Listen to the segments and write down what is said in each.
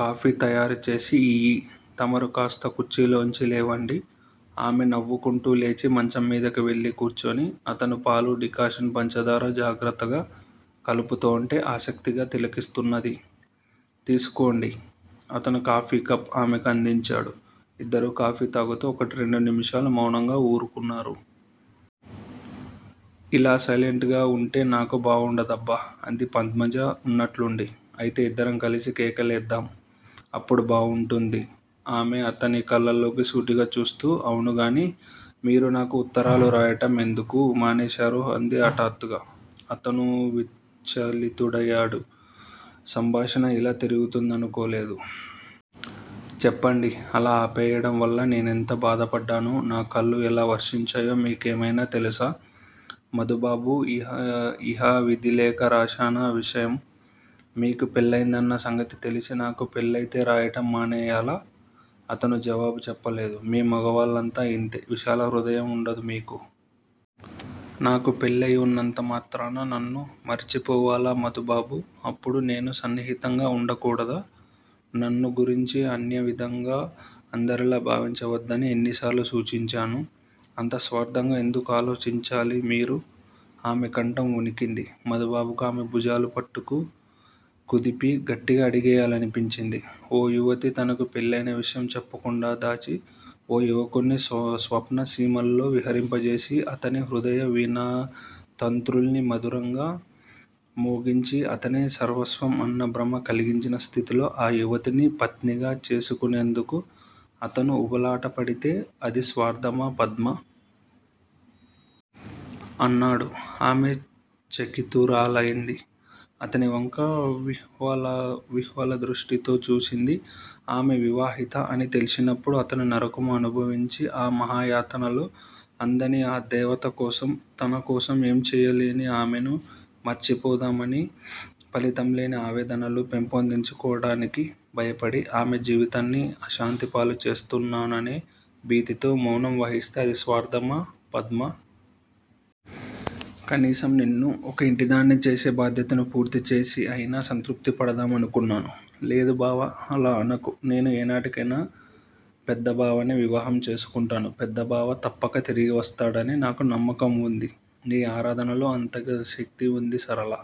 Coffee తయారుచేసి ఇయ్యి. తమరు కాస్త కుర్చీలోంచి లేవండి. ఆమె నవ్వుకుంటూ లేచి మంచంమీదకు వెళ్లి కూర్చుని అతను పాలూ డికాషన్ పంచదార జాగ్రత్తగా కలుపుతోంటే ఆసక్తిగా తిలకిస్తున్నది. తీసుకోండి. అతను కాఫీకప్ ఆమెకు అందించాడు. ఇద్దరూ కాఫీ తాగుతూ ఒకటిరెండు నిముషాలు మౌనంగా ఊరుకున్నారు. ఇలా సైలెంట్ గా వుంటే నాకు బావుండదబ్బా అంది పద్మజ వున్నట్లుండి. అయితే యిద్దరం కలిసి కేకలేద్దాం. అప్పుడు బాగుంటుంది. ఆమె అతని కళ్ళలోకి సూటిగా చూస్తూ అవునుగాని మీరు నాకు ఉత్తరాలు రాయటం ఎందుకు మానేశారు అంది హఠాత్తుగా. అతను విచలితుడయాడు. సంభాషణ యిలా తిరుగుతుందనుకోలేదు. చెప్పండి అలా ఆపేయటం వల్ల నేనెంత బాధపడ్డానో నా కళ్లు ఎలా వర్షించాయో మీకేమైనా తెలుసా? మధుబాబు యిహ విధిలేక రాశానా విషయం. మీకు పెళ్ళయిందన్న సంగతి తెలిసి నాకు పెళ్ళయితే రాయటం మానెయ్యాలా? అతను జవాబు చెప్పలేదు. మీ మొగవాళ్ళంతా యింతే. విశాలహృదయం వుండదు మీకు. నాకు పెళ్ళయి వున్నంతమాత్రాన నన్ను మరిచిపోవాలా మధుబాబూ! అప్పుడు నేను సన్నిహితంగా వుండకూడదా? నన్నుగురించి అన్యవిధంగా అందరిలా భావించవద్దని యెన్నిసార్లు సూచించాను? అంత స్వార్థంగా ఎందుకు ఆలోచించాలి మీరు? ఆమెకంఠం ఒణికింది. మధుబాబుకు ఆమెభుజాలు పట్టుకు కుదిపి గట్టిగా అడిగేయాలనిపించింది. ఓ యువతి తనకు పెళ్లి అయిన విషయం చెప్పకుండా దాచి ఓ యువకుడ్ని స్వప్నసీమల్లో విహరింపజేసి అతని హృదయవీణాతంత్రుల్ని మధురంగా మోగించి అతనే తన సర్వస్వం అన్నభ్రమ కలిగించినస్థితిలో ఆ యువతిని పత్నిగా చేసుకునేందుకు అతను ఉబలాటపడితే అది స్వార్థమా పద్మా? అన్నాడు. ఆమె చకితురాలైంది. అతనివంక విహ్వలదృష్టితో చూసింది. ఆమె వివాహిత అని తెలిసినప్పుడు అతను నరకం అనుభవించి ఆ మహాయాతనలో అందని ఆ దేవతకోసం తనకోసం ఏంచెయ్యలేని ఆమెను మరిచిపోదామని ఫలితం లేని ఆవేదనలు పెంపొందించుకోవటానికి భయపడి ఆమె జీవితాన్ని అశాంతిపాలు చేస్తున్నాననే భీతితో మౌనం వహిస్తే అది స్వార్థమా పద్మా? కనీసం నిన్ను ఒక ఇంటిదాన్ని చేసే బాధ్యతను పూర్తిచేసి అయినా సంతృప్తి పడదామనుకున్నాను. లేదు బావా? అలా అనకు. నేను ఏనాటికయినా పెద్ద బావనే వివాహం చేసుకుంటాను. పెద్ద బావ తప్పక తిరిగి వస్తాడని నాకు నమ్మకముంది. నీ ఆరాధనలో అంత శక్తీ వుంది సరళా!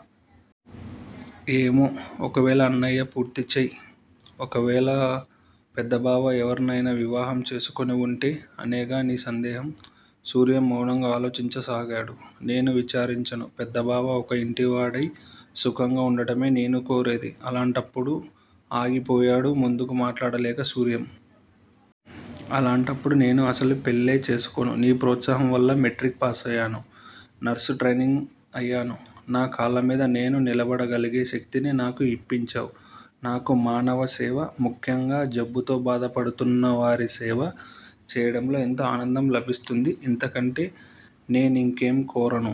ఏమో? ఒకవేళ అన్నయ్య పూర్తి చెయ్! ఒకవేళ పెద్ద బావ ఎవర్నయినా వివాహం చేసుకుని వుంటే? అనేగా నీ సందేహం! సూర్యం మౌనంగా ఆలోచించసాగాడు. నేను విచారించను. పెద్ద బావ ఒక ఇంటివాడయి సుఖంగా ఉండటమే నేను కోరేది. అలాంటప్పుడు ఆగిపోయాడు ముందుకు మాట్లాడలేక సూర్యం. అలాంటప్పుడు నేను అసలు పెళ్లే చేసుకోను. నీ ప్రోత్సాహం వల్ల మెట్రిక్ పాసయాను. నర్సు ట్రైనింగ్ అయాను. నా కాళ్ళమీద నేను నిలబడగలిగే శక్తిని నాకు ఇప్పించావు. నాకు మానవసేవ ముఖ్యంగా జబ్బుతో బాధ పడుతున్నవారి సేవ చేయడంలో ఎంతో ఆనందం లభిస్తుంది. ఇంతకంటే నేనింకేం కోరను.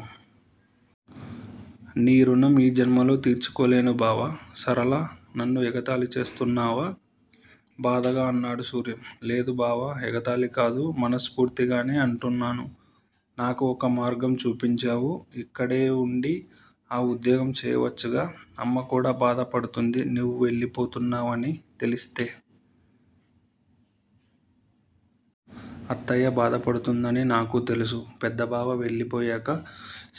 నీ రుణం ఈ జన్మలో తీర్చుకోలేను బావా! సరళా! నన్ను ఎగతాళి చేస్తున్నావా? బాధగా అన్నాడు సూర్యం. లేదు బావా! ఎగతాళి కాదు. మనస్పూర్తిగానే అంటున్నాను. నాకు ఒక మార్గం చూపించావు. ఇక్కడే వుండి ఆ ఉద్యోగం చేయవచ్చుగా? అమ్మకూడా బాధ పడుతుంది నువ్వెళ్ళిపోతున్నావని తెలిస్తే. అత్తయ్య బాధపడుతుందని నాకు తెలుసు. పెద్ద బావ వెళ్ళిపోయాక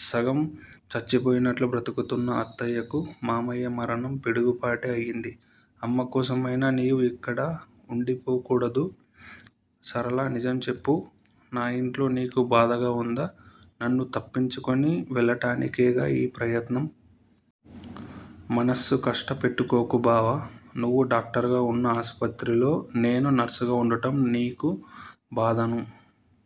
సగం చచ్చిపోయినట్లు బ్రతుకుతున్న అత్తయ్యకు మామయ్య మరణం పిడుగుపాటే అయింది. అమ్మకోసం అయినా నీవు ఇక్కడ ఉండిపోకూడదూ? సరళా! నిజం చెప్పు నా ఇంట్లో నీకు బాధగా ఉందా? నన్ను తప్పించుకొని వెళ్ళటానికేగా ఈ ప్రయత్నం? మనస్సు కష్టపెట్టుకోకు బావా! నువ్వు డాక్టరుగా వున్న ఆసుపత్రిలో నేను నర్సుగా ఉండటం నీకు బాధను